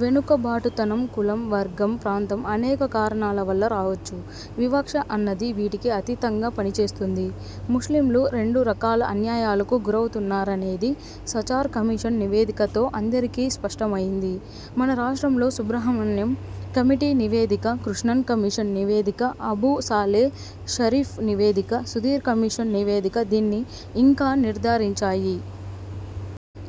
వెనుకబాటుతనం కులం, వర్గం, ప్రాంతం అనేక కారణాల వల్ల రావచ్చు వివక్ష అన్నది వీటికి అతీతంగా పనిచేస్తుంది. ముస్లింలు రెండు రకాల అన్యాయాలకు గురవుతున్నారనేది సచార్ కమిషన్ నివేదికతో అందరికీ స్పష్టమయింది. మన రాష్ట్రంలో సుబ్రహామణ్యం కమిటీ నివేదిక, కృష్ణన్ కమిషన్ నివేదిక, అబూ సాలే షరీఫ్ నివేదిక, సుధీర్ కమిషన్ నివేదిక దీన్ని ఇంకా నిర్ధారించాయి.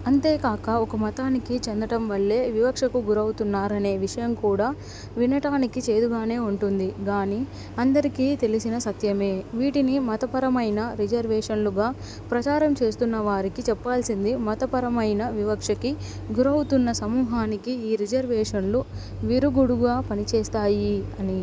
అంతే కాక, ఒక మతానికి చెందటం వల్లే వివక్షకు గురవుతున్నారనే విషయం కూడా వినటానికి చేదుగానే ఉంటుంది గానీ అందరికీ తెలిసిన సత్యమే. వీటిని 'మత పరమైన' రిజర్వేషన్లుగా ప్రచారం చేస్తున్న వారికి చెప్పాల్సింది మత పరమయిన వివక్షకి గురవుతున్న సమూహానికి ఈ రిజర్వేషన్లు విరుగుడుగా పనిచేస్తాయీ అని.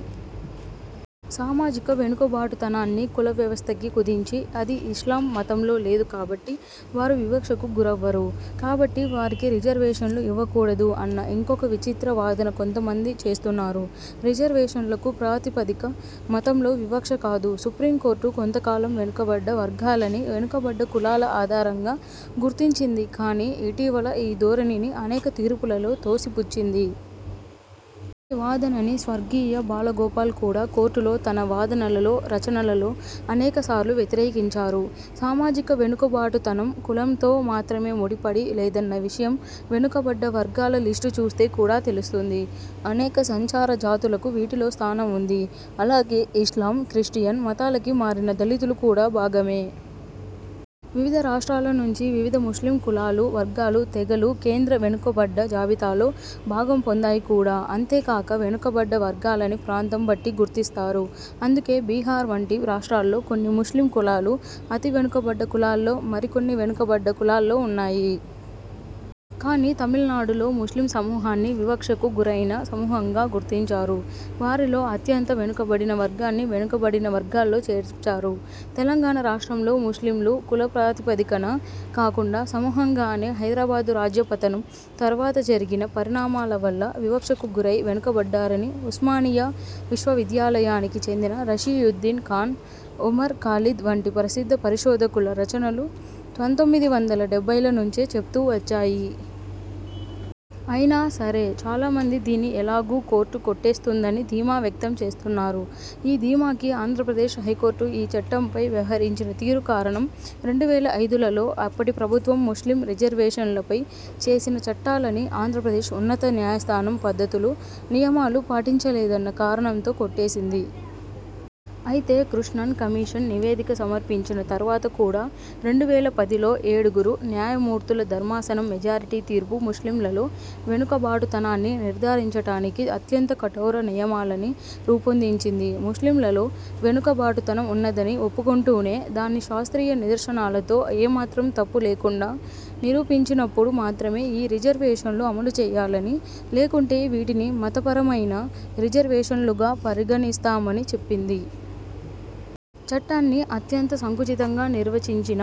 సామాజిక వెనుకబాటుతనాన్ని కుల వ్యవస్థకి కుదించి, అది ఇస్లాం మతంలో లేదు కాబట్టి వారు వివక్షకు గురవ్వరు, కాబట్టి వారికి రిజర్వేషన్లు ఇవ్వకూడదు అన్న ఇంకొక విచిత్ర వాదన కొంతమంది చేస్తున్నారు. రిజర్వేషన్లకు ప్రాతిపదిక మతంలో వివక్ష కాదు. సుప్రీమ్ కోర్టు కొంత కాలం వెనుకబడ్డ వర్గాలని వెనుక బడ్డ కులాల ఆధారంగా గుర్తించింది కానీ ఇటీవల ఈ ధోరణిని అనేక తీర్పులలో తోసిపుచ్చింది. ఈ వాదనని స్వర్గీయ బాలగోపాల్ కూడా కోర్టులో తన వాదనలలో, రచనలలో అనేక సార్లు వ్యతిరేకించారు. సామాజిక వెనుకబాటుతనం కులంతో మాత్రమే ముడిపడి లేదన్న విషయం వెనుకబడ్డ వర్గాల లిస్టు చూస్తే కూడా తెలుస్తుంది. అనేక సంచార జాతులకు వీటిలో స్థానం వుంది. అలాగే ఇస్లాం, క్రిస్టియన్ మతాలకి మారిన దళితులు కూడా భాగమే. వివిధ రాష్ట్రాల నుంచి వివిధ ముస్లిం కులాలు, వర్గాలు, తెగలు కేంద్ర వెనుకబడ్డ జాబితాలో భాగం పొందాయి కూడా. అంతేకాక వెనుకబడ్డ వర్గాలని ప్రాంతం బట్టి గుర్తి స్తారు. అందుకే బీహార్ వంటి రాష్ట్రాల్లో కొన్ని ముస్లిం కులాలు అతి వెనుకబడ్డ కులాల్లో, మరికొన్ని వెనుకబడ్డ కులాల్లో వున్నాయి. కానీ, తమిళనాడులో ముస్లిం సమూహాన్ని వివక్షకు గురయిన సమూహంగా గుర్తించారు. వారిలో అత్యంత వెనుకబడిన వర్గాన్ని వెనుకబడిన వర్గాల్లో చేర్చారు. తెలంగాణ రాష్ట్రంలో ముస్లింలు కుల ప్రాతిపదికన కాకుండా సమూహంగానే హైదరాబాదు రాజ్య పతనం తర్వాత జరిగిన పరిణామాల వల్ల వివక్షకు గురై వెనుకబడ్డారని ఉస్మానియా విశ్వవిద్యాలయానికి చెందిన రషీయుద్దీన్ ఖాన్, ఒమర్ ఖాలిద్ వంటి ప్రసిద్ధ పరిశోధకుల రచనలు పంతొమ్మిది వందల డెబ్బైల నుంచే చెప్తూ వచ్చాయి. అయినా సరే, చాలా మంది దీన్ని ఎలాగూ కోర్టు కొట్టేస్తుందని ధీమా వ్యక్తం చేస్తున్నారు. ఈ ధీమాకి ఆంధ్ర ప్రదేశ్ హైకోర్టు ఈ చట్టంపై వ్యవహరించిన తీరు కారణం., రెండు వేల ఐదులలో అప్పటి ప్రభుత్వం ముస్లిం రిజర్వేషన్లపై చేసిన చట్టాలని ఆంధ్ర ప్రదేశ్ ఉన్నత న్యాయస్థానం పద్ధతులు, నియమాలు పాటించలేదన్న కారణంతో కొట్టేసింది. అయితే, కృష్ణన్ కమిషన్ నివేదిక సమర్పించిన తరువాత కూడా రెండు వేల పదిలో ఏడుగురు న్యాయమూర్తుల ధర్మాసనం మెజారిటీ తీర్పు ముస్లింలలో వెనుకబాటుతనాన్ని నిర్ధారించటానికి అత్యంత కఠోర నియమాలని రూపొందించింది. ముస్లింలలో వెనుకబాటుతనం వున్నదని ఒప్పుకుంటూనే, దాన్ని శాస్త్రీయ నిదర్శనాలతో, ఏమాత్రం తప్పు లేకుండా నిరూపించినప్పుడు మాత్రమే ఈ రిజర్వేషన్లు అమలు చెయ్యాలని, లేకుంటే వీటిని 'మతపరమయిన రిజర్వేషన్లుగా' పరిగణిస్తామని చెప్పింది. చట్టాన్ని అత్యంత సంకుచితంగా నిర్వచించిన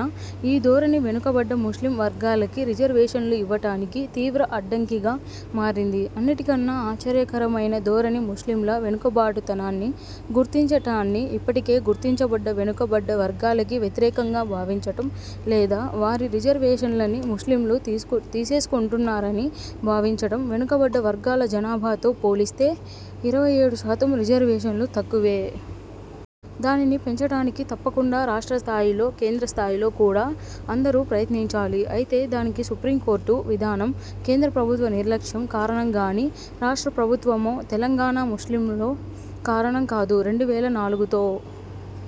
ఈ ధోరణి వెనుకబడ్డ ముస్లిం వర్గాలకి రిజర్వేషన్లు ఇవ్వటానికి తీవ్ర అడ్డంకిగా మారింది. అన్నిటికన్నా ఆశ్చర్యకరమైన ధోరణి ముస్లింల వెనుకబాటుతనాన్ని గుర్తించటాన్ని ఇప్పటికే గుర్తించబడ్డ వెనుకబడ్డ వర్గాలకి వ్యతిరేకంగా భావించటం, లేదా వారి రిజర్వేషన్లని ముస్లింలు తీసుకు తీసేసుకుంటున్నారని భావించటం. వెనుకబడ్డ వర్గాల జనాభాతో పోలిస్తే ఇరవై ఏడుశాతం రిజర్వేషన్లు తక్కువే. దానిని పెంచటానికి తప్పకుండా రాష్ట్ర స్థాయిలో, కేంద్ర స్థాయిలో కూడా అందరూ ప్రయత్నించాలి. అయితే దానికి సుప్రీమ్ కోర్టు విధానం, కేంద్ర ప్రభుత్వ నిర్లక్ష్యం కారణం గానీ, రాష్ట్ర ప్రభుత్వమో, తెలంగాణా ముస్లింలో కారణం కాదు. రెండు వేల నాలుగుతో